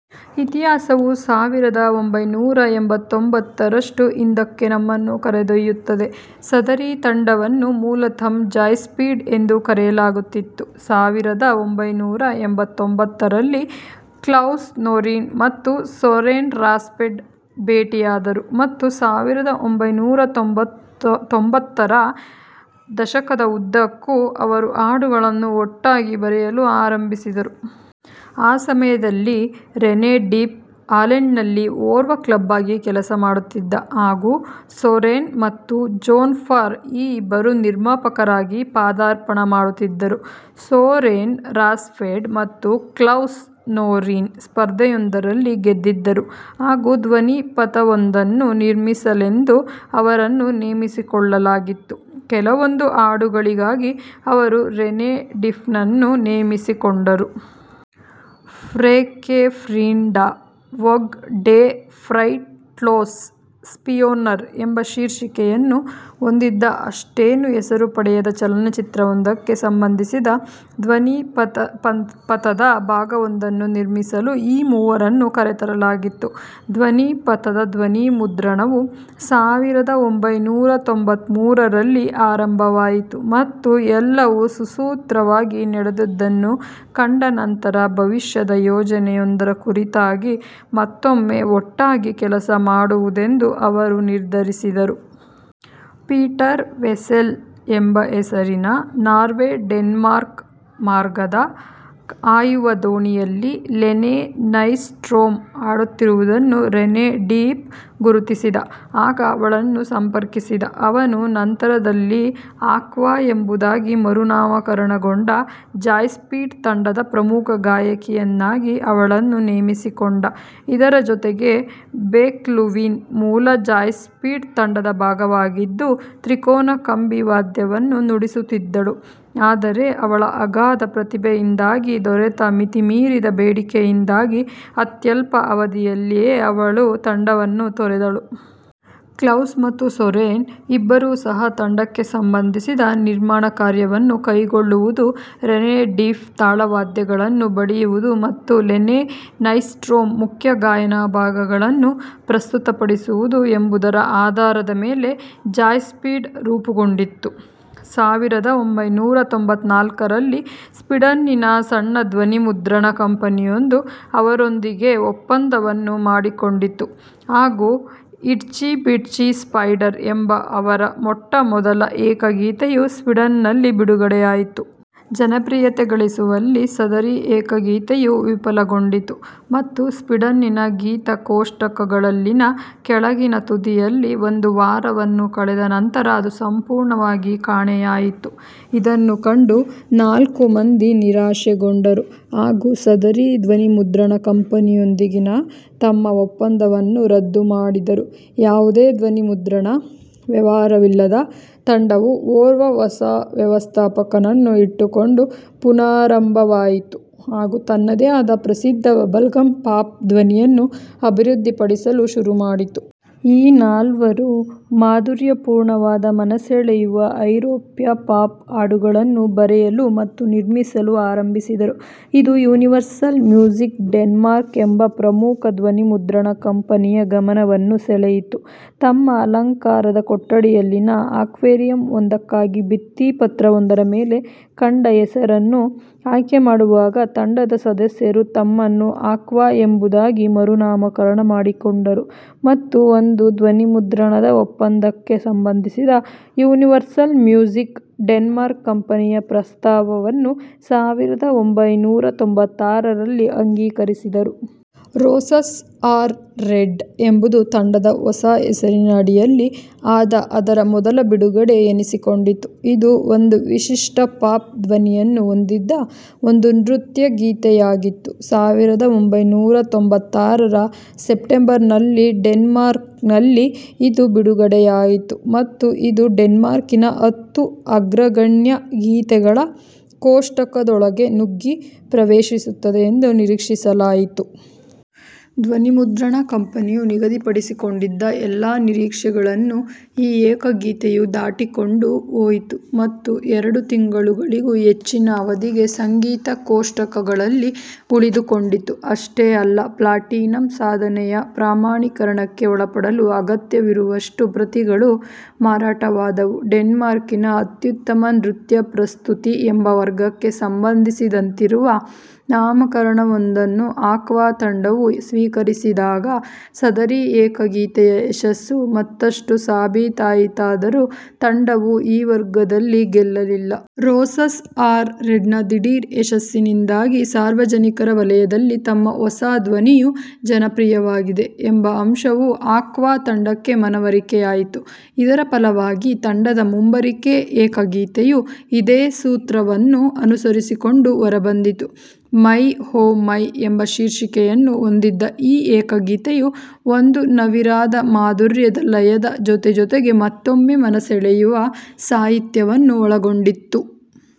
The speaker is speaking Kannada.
ಇತಿಹಾಸವು ಸಾವಿರದ ಒಂಭೈನೂರ ಎಂಬತ್ತೊಂಬತ್ತರಷ್ಟು ಹಿಂದಕ್ಕೆ ನಮ್ಮನ್ನು ಕರೆದೊಯ್ಯುತ್ತದೆ. ಸದರಿ ತಂಡವನ್ನು ಮೂಲತಃ ಜಾಯ್ಸ್ಪೀಡ್ ಎಂದು ಕರೆಯಲಾಗುತ್ತಿತ್ತು. ಸಾವಿರದ ಒಂಭೈನೂರ ಎಂಬತ್ತೊಂಬತ್ತರಲ್ಲಿ ಕ್ಲೌಸ್ ನೊರೀನ್ ಮತ್ತು ಸೋರೆನ್ ರಾಸ್ಟೆಡ್ ಭೇಟಿಯಾದರು, ಮತ್ತು ಸಾವಿರದ ಒಂಭೈನೂರ ತ್ತೊಂಬತ್ತರ ದಶಕದ ಉದ್ದಕ್ಕೂ ಅವರು ಹಾಡುಗಳನ್ನು ಒಟ್ಟಾಗಿ ಬರೆಯಲು ಆರಂಭಿಸಿದರು. ಆ ಸಮಯದಲ್ಲಿ, ರೆನೆ ಡಿಫ್ ಹಾಲೆಂಡ್ನಲ್ಲಿ ಓರ್ವ ಕ್ಲಬ್ ಆಗಿ ಕೆಲಸಮಾಡುತ್ತಿದ್ದ, ಹಾಗೂ ಸೋರೆನ್ ಮತ್ತು ಜೋನ್ಫಾರ್ ಈ ಇಬ್ಬರೂ ನಿರ್ಮಾಪಕರಾಗಿ ಪಾದಾರ್ಪಣ ಮಾಡುತ್ತಿದ್ದರು. ಸೋರೆನ್ ರಾಸ್ಟೆಡ್ ಮತ್ತು ಕ್ಲೌಸ್ ನೊರೀನ್ ಸ್ಪರ್ಧೆಯೊಂದರಲ್ಲಿ ಗೆದ್ದಿದ್ದರು ಹಾಗೂ ಧ್ವನಿಪಥವೊಂದನ್ನು ನಿರ್ಮಿಸಲೆಂದು ಅವರನ್ನು ನೇಮಿಸಿಕೊಳ್ಳಲಾಗಿತ್ತು. ಕೆಲವೊಂದು ಹಾಡುಗಳಿಗಾಗಿ ಅವರು ರೆನೆ ಡಿಫ್ನನ್ನು ನೇಮಿಸಿಕೊಂಡರು. ಫ್ರೇಕ್ಕೆ ಫ್ರಿಂಡಾ ಒಗ್ ಡೆ ಫ್ರೈಟ್ಲೋಸ್ ಸ್ಪಿಯೋನರ್ ಎಂಬ ಶೀರ್ಷಿಕೆಯನ್ನು ಹೊಂದಿದ್ದ, ಅಷ್ಟೇನೂ ಹೆಸರು ಪಡೆಯದ ಚಲನಚಿತ್ರವೊಂದಕ್ಕೆ ಸಂಬಂಧಿಸಿದ ಧ್ವನಿಪಥದ ಭಾಗವೊಂದನ್ನು ನಿರ್ಮಿಸಲು ಈ ಮೂವರನ್ನೂ ಕರೆತರಲಾಗಿತ್ತು. ಧ್ವನಿಪಥದ ಧ್ವನಿಮುದ್ರಣವು ಸಾವಿರದ ಒಂಭೈನೂರ ತ್ತೊಂಬತ್ಮೂರರಲ್ಲಿ ಆರಂಭವಾಯಿತು, ಮತ್ತು ಎಲ್ಲವೂ ಸುಸೂತ್ರವಾಗಿ ನಡೆದುದನ್ನು ಕಂಡನಂತರ, ಭವಿಷ್ಯದ ಯೋಜನೆಯೊಂದರ ಕುರಿತಾಗಿ ಮತ್ತೊಮ್ಮೆ ಒಟ್ಟಾಗಿ ಕೆಲಸ ಮಾಡುವುದೆಂದು ಅವರು ನಿರ್ಧರಿಸಿದರು. ಪೀಟರ್ ವೆಸ್ಸೆಲ್ ಎಂಬ ಹೆಸರಿನ ನಾರ್ವೆ–ಡೆನ್ಮಾರ್ಕ್ ಮಾರ್ಗದ ಹಾಯುವ ದೋಣಿಯಲ್ಲಿ ಲೆನೆ ನೈಸ್ಟ್ರೋಮ್ ಹಾಡುತ್ತಿರುವುದನ್ನು ರೆನೆ ಡಿಫ್ ಗುರುತಿಸಿದ. ಆಗ ಅವಳನ್ನು ಸಂಪರ್ಕಿಸಿದ ಅವನು, ನಂತರದಲ್ಲಿ ಆಕ್ವಾ ಎಂಬುದಾಗಿ ಮರುನಾಮಕರಣಗೊಂಡ ಜಾಯ್ಸ್ಪೀಡ್ ತಂಡದ ಪ್ರಮುಖ ಗಾಯಕಿಯನ್ನಾಗಿ ಅವಳನ್ನು ನೇಮಿಸಿಕೊಂಡ. ಇದರ ಜೊತೆಗೆ, ಬೆಕ್ ಲುವೀನ್ ಮೂಲ ಜಾಯ್ಸ್ಪೀಡ್ ತಂಡದ ಭಾಗವಾಗಿದ್ದು, ತ್ರಿಕೋನ ಕಂಬಿವಾದ್ಯವನ್ನು ನುಡಿಸುತ್ತಿದ್ದಳು; ಆದರೆ ಅವಳ ಅಗಾಧ ಪ್ರತಿಭೆಯಿಂದಾಗಿ ದೊರೆತ ಮಿತಿಮೀರಿದ ಬೇಡಿಕೆಯಿಂದಾಗಿ ಅತ್ಯಲ್ಪ ಅವಧಿಯಲ್ಲಿಯೇ ಅವಳು ತಂಡವನ್ನು ತೊರೆದಳು. ಕ್ಲೌಸ್ ಮತ್ತು ಸೋರೆನ್ ಇಬ್ಬರೂ ಸಹ ತಂಡಕ್ಕೆ ಸಂಬಂಧಿಸಿದ ನಿರ್ಮಾಣಕಾರ್ಯವನ್ನು ಕೈಗೊಳ್ಳುವುದು, ರೆನೆ ಡಿಫ್ ತಾಳವಾದ್ಯಗಳನ್ನು ಬಡಿಯುವುದು ಮತ್ತು ಲೆನೆ ನೈಸ್ಟ್ರೋಮ್ ಮುಖ್ಯ ಗಾಯನ ಭಾಗಗಳನ್ನು ಪ್ರಸ್ತುತಪಡಿಸುವುದು ಎಂಬುದರ ಆಧಾರದ ಮೇಲೆ ಜಾಯ್ಸ್ಪೀಡ್ ರೂಪುಗೊಂಡಿತ್ತು. ಸಾವಿರದ ಒಂಭೈನೂರ ತ್ತೊಂಬತ್ನಾಲ್ಕರಲ್ಲಿ ಸ್ವೀಡನ್ನಿನ ಸಣ್ಣ ಧ್ವನಿಮುದ್ರಣ ಕಂಪನಿಯೊಂದು ಅವರೊಂದಿಗೆ ಒಪ್ಪಂದವನ್ನು ಮಾಡಿಕೊಂಡಿತು, ಹಾಗೂ "ಇಟ್ಜಿ ಬಿಟ್ಜಿ ಸ್ಪೈಡರ್" ಎಂಬ ಅವರ ಮೊಟ್ಟಮೊದಲ ಏಕಗೀತೆಯು ಸ್ವೀಡನ್ನಲ್ಲಿ ಬಿಡುಗಡೆಯಾಯಿತು. ಜನಪ್ರಿಯತೆ ಗಳಿಸುವಲ್ಲಿ ಸದರಿ ಏಕಗೀತೆಯು ವಿಫಲಗೊಂಡಿತು ಮತ್ತು ಸ್ವೀಡನ್ನಿನ ಗೀತ-ಕೋಷ್ಟಕಗಳಲ್ಲಿನ ಕೆಳಗಿನ ತುದಿಯಲ್ಲಿ ಒಂದು ವಾರವನ್ನು ಕಳೆದ ನಂತರ ಅದು ಸಂಪೂರ್ಣವಾಗಿ ಕಾಣೆಯಾಯಿತು. ಇದನ್ನು ಕಂಡು ನಾಲ್ಕೂ ಮಂದಿ ನಿರಾಶೆಗೊಂಡರು ಹಾಗೂ ಸದರಿ ಧ್ವನಿಮುದ್ರಣ ಕಂಪನಿಯೊಂದಿಗಿನ ತಮ್ಮ ಒಪ್ಪಂದವನ್ನು ರದ್ದುಮಾಡಿದರು. ಯಾವುದೇ ಧ್ವನಿಮುದ್ರಣ ವ್ಯವಹಾರವಿಲ್ಲದ ತಂಡವು ಓರ್ವ ಹೊಸ ವ್ಯವಸ್ಥಾಪಕನನ್ನು ಇಟ್ಟುಕೊಂಡು ಪುನರಾರಂಭವಾಯಿತು ಹಾಗೂ ತನ್ನದೇ ಆದ ಪ್ರಸಿದ್ಧ ಬಬಲ್ಗಮ್ ಪಾಪ್ ಧ್ವನಿಯನ್ನು ಅಭಿವೃದ್ಧಿಪಡಿಸಲು ಶುರುಮಾಡಿತು. ಈ ನಾಲ್ವರೂ ಮಾಧುರ್ಯಪೂರ್ಣವಾದ, ಮನಸೆಳೆಯುವ ಐರೋಪ್ಯ ಪಾಪ್ ಹಾಡುಗಳನ್ನು ಬರೆಯಲು ಮತ್ತು ನಿರ್ಮಿಸಲು ಆರಂಭಿಸಿದರು. ಇದು ಯೂನಿವರ್ಸಲ್ ಮ್ಯೂಸಿಕ್ ಡೆನ್ಮಾರ್ಕ್ ಎಂಬ ಪ್ರಮುಖ ಧ್ವನಿಮುದ್ರಣ ಕಂಪನಿಯ ಗಮನವನ್ನು ಸೆಳೆಯಿತು. ತಮ್ಮ ಅಲಂಕಾರದ ಕೊಠಡಿಯಲ್ಲಿನ ಆಕ್ವೇರಿಯಂ ಒಂದಕ್ಕಾಗಿ ಭಿತ್ತಿಪತ್ರವೊಂದರ ಮೇಲೆ ಕಂಡ ಹೆಸರನ್ನು ಆಯ್ಕೆಮಾಡುವಾಗ, ತಂಡದ ಸದಸ್ಯರು ತಮ್ಮನ್ನು ಆಕ್ವಾ ಎಂಬುದಾಗಿ ಮರುನಾಮಕರಣ ಮಾಡಿಕೊಂಡರು, ಮತ್ತು ಒಂದು ಧ್ವನಿಮುದ್ರಣದ ಒಪ್ಪಂದಕ್ಕೆ ಸಂಬಂಧಿಸಿದ ಯೂನಿವರ್ಸಲ್ ಮ್ಯೂಸಿಕ್ ಡೆನ್ಮಾರ್ಕ್ ಕಂಪನಿಯ ಪ್ರಸ್ತಾವವನ್ನು ಸಾವಿರದ ಒಂಭೈನೂರ ತ್ತೊಂಬತ್ತಾರಸಾವಿರದ ಒಂಭೈನೂರ ತ್ತೊಂಬತ್ತಾರರಲ್ಲಿ ಅಂಗೀಕರಿಸಿದರು. "ರೋಸಸ್ ಆರ್ ರೆಡ್" ಎಂಬುದು ತಂಡದ ಹೊಸ ಹೆಸರಿನ ಅಡಿಯಲ್ಲಿ ಆದ ಅದರ ಮೊದಲ ಬಿಡುಗಡೆ ಎನಿಸಿಕೊಂಡಿತು. ಇದು ಒಂದು ವಿಶಿಷ್ಟ ಪಾಪ್ ಧ್ವನಿಯನ್ನು ಹೊಂದಿದ್ದ ಒಂದು ನೃತ್ಯಗೀತೆಯಾಗಿತ್ತು. ಸಾವಿರದ ಒಂಭೈನೂರ ತ್ತೊಂಬತ್ತಾರರ ಸೆಪ್ಟೆಂಬರ್ನಲ್ಲಿ, ಡೆನ್ಮಾರ್ಕ್ನಲ್ಲಿ ಇದು ಬಿಡುಗಡೆಯಾಯಿತು, ಮತ್ತು ಇದು ಡೆನ್ಮಾರ್ಕಿನ ಹತ್ತು ಅಗ್ರಗಣ್ಯ ಗೀತೆಗಳ ಕೋಷ್ಟಕದೊಳಗೆ ನುಗ್ಗಿ ಪ್ರವೇಶಿಸುತ್ತದೆ ಎಂದು ನಿರೀಕ್ಷಿಸಲಾಯಿತು. ಧ್ವನಿಮುದ್ರಣ ಕಂಪನಿಯು ನಿಗದಿಪಡಿಸಿಕೊಂಡಿದ್ದ ಎಲ್ಲಾ ನಿರೀಕ್ಷೆಗಳನ್ನು ಈ ಏಕಗೀತೆಯು ದಾಟಿಕೊಂಡು ಹೋಯಿತು, ಮತ್ತು ಎರಡು ತಿಂಗಳುಗಳಿಗೂ ಹೆಚ್ಚಿನ ಅವಧಿಗೆ ಸಂಗೀತ-ಕೋಷ್ಟಕಗಳಲ್ಲಿ ಉಳಿದುಕೊಂಡಿತು. ಅಷ್ಟೇ ಅಲ್ಲ, ಪ್ಲಾಟಿನಂ ಸಾಧನೆಯ ಪ್ರಮಾಣೀಕರಣಕ್ಕೆ ಒಳಪಡಲು ಅಗತ್ಯವಿರುವಷ್ಟು ಪ್ರತಿಗಳು ಮಾರಾಟವಾದವು. "ಡೆನ್ಮಾರ್ಕಿನ ಅತ್ಯುತ್ತಮ ನೃತ್ಯ ಪ್ರಸ್ತುತಿ" ಎಂಬ ವರ್ಗಕ್ಕೆ ಸಂಬಂಧಿಸಿದಂತಿರುವ ನಾಮಕರಣವೊಂದನ್ನು ಆಕ್ವಾ ತಂಡವು ಸ್ವೀಕರಿಸಿದಾಗ ಸದರಿ ಏಕಗೀತೆಯ ಯಶಸ್ಸು ಮತ್ತಷ್ಟು ಸಾಬೀತಾಯಿತಾದರೂ, ತಂಡವು ಈ ವರ್ಗದಲ್ಲಿ ಗೆಲ್ಲಲಿಲ್ಲ. "ರೋಸಸ್ ಆರ್ ರೆಡ್"ನ ದಿಢೀರ್ ಯಶಸ್ಸಿನಿಂದಾಗಿ, ಸಾರ್ವಜನಿಕರ ವಲಯದಲ್ಲಿ ತಮ್ಮ ಹೊಸ ಧ್ವನಿಯು ಜನಪ್ರಿಯವಾಗಿದೆ ಎಂಬ ಅಂಶವು ಆಕ್ವಾ ತಂಡಕ್ಕೆ ಮನವರಿಕೆಯಾಯಿತು. ಇದರ ಫಲವಾಗಿ ತಂಡದ ಮುಂಬರಿಕೆ ಏಕಗೀತೆಯು ಇದೇ ಸೂತ್ರವನ್ನು ಅನುಸರಿಸಿಕೊಂಡು ಹೊರಬಂದಿತು. "ಮೈ ಓಹ್ ಮೈ" ಎಂಬ ಶೀರ್ಷಿಕೆಯನ್ನು ಹೊಂದಿದ್ದ ಈ ಏಕಗೀತೆಯು, ಒಂದು ನವಿರಾದ, ಮಾಧುರ್ಯದ ಲಯದ ಜೊತೆಜೊತೆಗೆ ಮತ್ತೊಮ್ಮೆ ಮನಸೆಳೆಯುವ ಸಾಹಿತ್ಯವನ್ನು ಒಳಗೊಂಡಿತ್ತು.